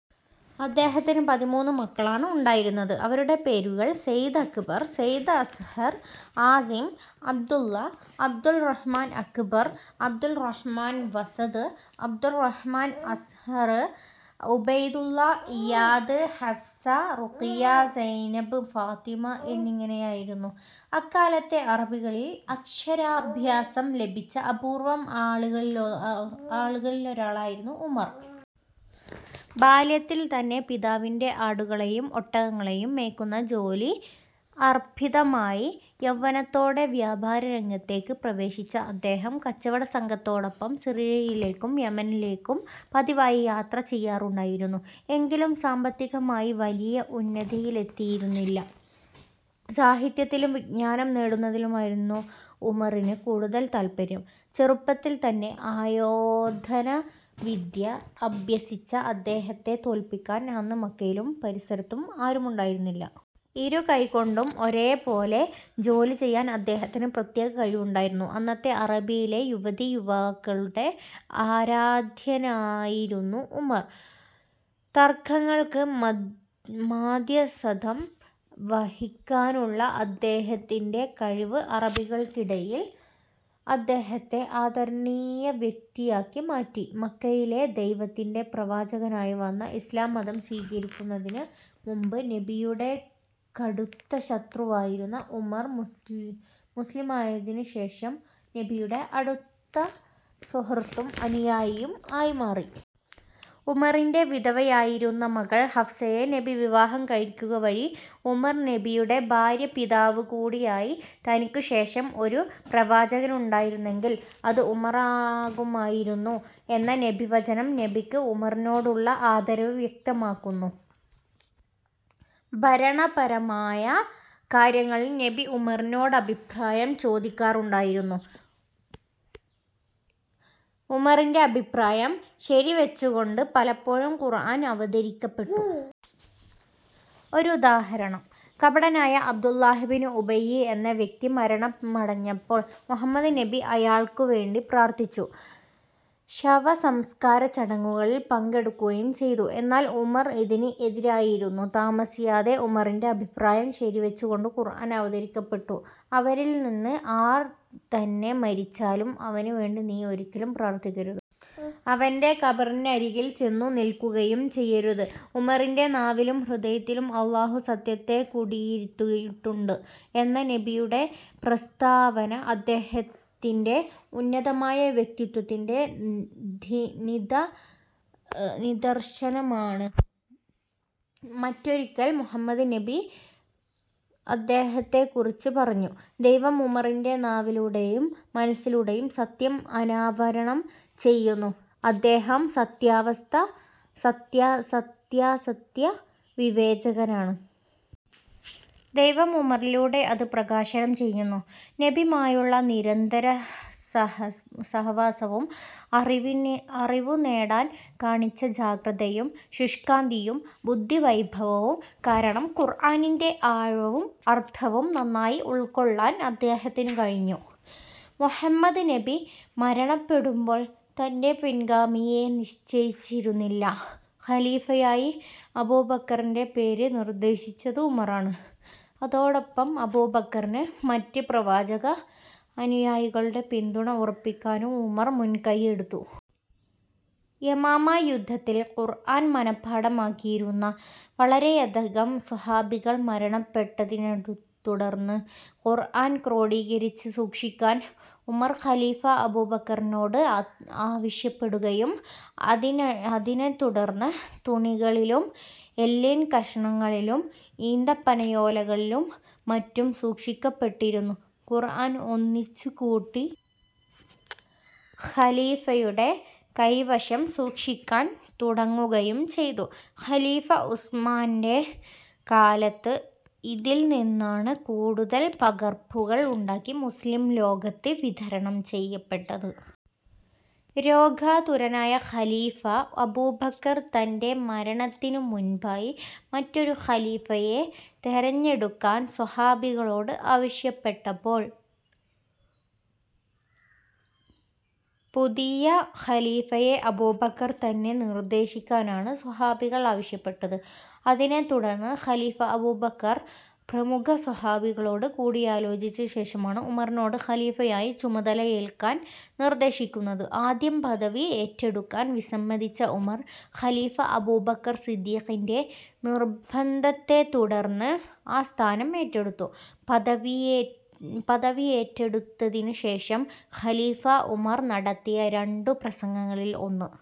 അദ്ദേഹത്തിന് പതിമൂന്ന് മക്കളാണ് ഉണ്ടായിരുന്നത്. അവരുടെ പേരുകൾ സൈദ് അക്ബർ, സൈദ് അസ്ഹർ, ആസിം, അബ്ദുള്ള, അബ്ദുൾ റഹ്മാൻ അക്ബർ, അബ്ദുൾ റഹ്മാൻ വസദ്, അബ്ദുൾ റഹ്മാൻ അസ്ഹർ, ഉബൈദുള്ള, ഇയാദ്, ഹഫ്സ, റുഖിയ, സൈനബ്, ഫാത്തിമ എന്നിങ്ങനെയായിരുന്നു. അക്കാലത്തെ അറബികളിൽ അക്ഷരാഭ്യാസം ലഭിച്ച അപൂർവ്വം ആളുകളിലൊരാളായിരുന്നു ഉമർ. ബാല്യത്തിൽ തന്നെ പിതാവിന്റെ ആടുകളെയും ഒട്ടകങ്ങളെയും മേക്കുന്ന ജോലി അർപ്പിതമായി. യൗവനത്തോടെ വ്യാപാര രംഗത്തേക്ക് പ്രവേശിച്ച അദ്ദേഹം കച്ചവടസംഘത്തോടൊപ്പം സിറിയയിലേക്കും, യമനിലേക്കും പതിവായി യാത്ര ചെയ്യാറുണ്ടായിരുന്നു. എങ്കിലും സാമ്പത്തികമായി വലിയ ഉന്നതിയിലെത്തിയിരുന്നില്ല. സാഹിത്യത്തിലും, വിജ്ഞാനം നേടുന്നതിലുമായിരുന്നു ഉമറിന് കൂടുതൽ താല്പര്യം. ചെറുപ്പത്തിൽ തന്നെ ആയോധനവിദ്യ അഭ്യസിച്ച അദ്ദേഹത്തെ തോൽപ്പിക്കാൻ അന്ന് മക്കയിലും പരിസരത്തും ആരും ഉണ്ടായിരുന്നില്ല. ഇരു കൈകൊണ്ടും ഒരേ പോലെ ജോലി ചെയ്യാൻ അദ്ദേഹത്തിന് പ്രത്യേക കഴിവുണ്ടായിരുന്നു. അന്നത്തെ അറേബ്യയിലെ യുവതീ-യുവാക്കളുടെ ആരാധ്യനായിരുന്നു ഉമർ. തർക്കങ്ങൾക്ക് മാധ്യസഥം വഹിക്കാനുള്ള അദ്ദേഹത്തിന്റെ കഴിവ് അറബികൾക്കിടയിൽ അദ്ദേഹത്തെ ആദരണീയ വ്യക്തിയാക്കി മാറ്റി. മക്കയിലെ ദൈവത്തിന്റെ പ്രവാചകനായി വന്ന ഇസ്ലാം മതം സ്വീകരിക്കുന്നതിനു മുമ്പ് നബിയുടെ കടുത്ത ശത്രുവായിരുന്ന ഉമർ, മുസ്ലിമായതിനു ശേഷം നബിയുടെ അടുത്ത സുഹൃത്തും അനുയായിയും ആയി മാറി. ഉമറിന്റെ വിധവയായിരുന്ന മകൾ ഹഫ്സയെ നബി വിവാഹം കഴിക്കുക വഴി ഉമർ നബിയുടെ ഭാര്യാപിതാവു കൂടിയായി. "തനിക്കു ശേഷം ഒരു പ്രവാചകനുണ്ടായിരുന്നെങ്കിൽ അത് ഉമറാകുമായിരുന്നു" എന്ന നബിവചനം നബിക്ക് ഉമറിനോടുള്ള ആദരവ് വ്യക്തമാക്കുന്നു. ഭരണപരമായ കാര്യങ്ങളിൽ നബി ഉമറിനോടഭിപ്രായം ചോദിക്കാറുണ്ടായിരുന്നു. ഉമറിന്റെ അഭിപ്രായം ശരിവെച്ചുകൊണ്ട് പലപ്പോഴും ഖുർആൻ അവതരിക്കപ്പെട്ടു. ഒരുദാഹരണം, കപടനായ അബ്ദുല്ലാഹിബ്നു ഉബയ്യ് എന്ന വ്യക്തി മരണമടഞ്ഞപ്പോൾ മുഹമ്മദ് നബി അയാൾക്കു വേണ്ടി പ്രാർത്ഥിച്ചു. ശവസംസ്കാരചടങ്ങുകളിൽ പങ്കെടുക്കുകയും ചെയ്തു. എന്നാൽ ഉമർ ഇതിന് എതിരായിരുന്നു. താമസിയാതെ ഉമറിന്റെ അഭിപ്രായം ശരിവെച്ചുകൊണ്ട് ഖുർആൻ അവതരിക്കപ്പെട്ടു. അവരിൽ നിന്ന് ആർ തന്നെ മരിച്ചാലും അവനു വേണ്ടി നീ ഒരിക്കലും പ്രാർത്ഥിക്കരുത്. അവന്റെ ഖബറിന്നരികിൽ ചെന്നു നിൽക്കുകയും ചെയ്യരുത്. "ഉമറിന്റെ നാവിലും ഹൃദയത്തിലും അല്ലാഹു സത്യത്തെ കുടിയിരുത്തിയിട്ടുണ്ട്" എന്ന നബിയുടെ പ്രസ്താവന അദ്ദേഹത്തിന്റെ ഉന്നതമായ വ്യക്തിത്വത്തിന്റെ നിദർശനമാണ്. മറ്റൊരിക്കൽ മുഹമ്മദ് നബി അദ്ദേഹത്തെക്കുറിച്ച് പറഞ്ഞു: "ദൈവം ഉമറിന്റെ നാവിലൂടെയും മനസ്സിലൂടെയും സത്യം അനാവരണം ചെയ്യുന്നു, അദ്ദേഹം സത്യാസത്യ വിവേചകനാണ്. ദൈവം ഉമറിലൂടെ അത് പ്രകാശനം ചെയ്യുന്നു". നബിയുമായുള്ള നിരന്തരസഹവാസവും അറിവുനേടാൻ കാണിച്ച ജാഗ്രതയും ശുഷ്കാന്തിയും ബുദ്ധിവൈഭവവും കാരണം ഖുർആന്റെ ആഴവും അർഥവും നന്നായി ഉൾക്കൊള്ളാൻ അദ്ദേഹത്തിനു കഴിഞ്ഞു. മുഹമ്മദ് നബി മരണപ്പെടുമ്പോൾ തന്റെ പിൻഗാമിയെ നിശ്ചയിച്ചിരുന്നില്ല. ഖലീഫയായി അബൂബക്കറിന്റെ പേര് നിർദ്ദേശിച്ചത് ഉമറാണ്. അതോടൊപ്പം അബൂബക്കറിന് മറ്റ് പ്രവാചക അനുയായികളുടെ പിന്തുണ ഉറപ്പിക്കാനും ഉമർ മുൻകൈയെടുത്തു. യമാമ യുദ്ധത്തിൽ ഖുർആൻ മനപാഠമാക്കിയിരുന്ന വളരെയധികം സ്വഹാബികൾ മരണപ്പെട്ടതിനെത്തുടർന്ന് ഖുർആൻ ക്രോഡീകരിച്ച് സൂക്ഷിക്കാൻ ഉമർ ഖലീഫ അബൂബക്കറിനോട് ആവശ്യപ്പെടുകയും അതിനെത്തുടർന്ന് തുണികളിലും, എല്ലിൻ കഷണങ്ങളിലും, ഈന്തപ്പനയോലകളിലും മറ്റും സൂക്ഷിക്കപ്പെട്ടിരുന്ന ഖുർആൻ ഒന്നിച്ചുകൂട്ടി ഖലീഫയുടെ കൈവശം സൂക്ഷിക്കാൻ തുടങ്ങുകയും ചെയ്തു. ഖലീഫ ഉസ്മാന്റെ കാലത്ത് ഇതിൽ നിന്നാണ് കൂടുതൽ പകർപ്പുകൾ ഉണ്ടാക്കി മുസ്ലിം ലോകത്ത് വിതരണം ചെയ്യപ്പെട്ടത്. രോഗാതുരനായ ഖലീഫാ അബൂബക്കർ തന്റെ മരണത്തിനു മുൻപായി മറ്റൊരു ഖലീഫയെ തെരഞ്ഞെടുക്കാൻ സ്വഹാബികളോട് ആവശ്യപ്പെട്ടപ്പോൾ പുതിയ ഖലീഫയെ അബൂബക്കർ തന്നെ നിർദ്ദേശിക്കാനാണ് സ്വഹാബികൾ ആവശ്യപ്പെട്ടത്. അതിനെത്തുടർന്ന് ഖലീഫാ അബൂബക്കർ പ്രമുഖ സ്വഹാബികളോട് കൂടിയാലോചിച്ച ശേഷമാണ് ഉമറിനോട് ഖലീഫയായി ചുമതലയേൽക്കാൻ നിർദ്ദേശിക്കുന്നത്. ആദ്യം പദവി ഏറ്റെടുക്കാൻ വിസമ്മതിച്ച ഉമർ ഖലീഫ അബൂബക്കർ സിദ്ദീഖിന്റെ നിർബന്ധത്തെത്തുടർന്ന് ആ സ്ഥാനം ഏറ്റെടുത്തു. പദവിയേറ്റെടുത്തതിനു ശേഷം ഖലീഫാ ഉമർ നടത്തിയ രണ്ടു പ്രസംഗങ്ങളിൽ ഒന്ന്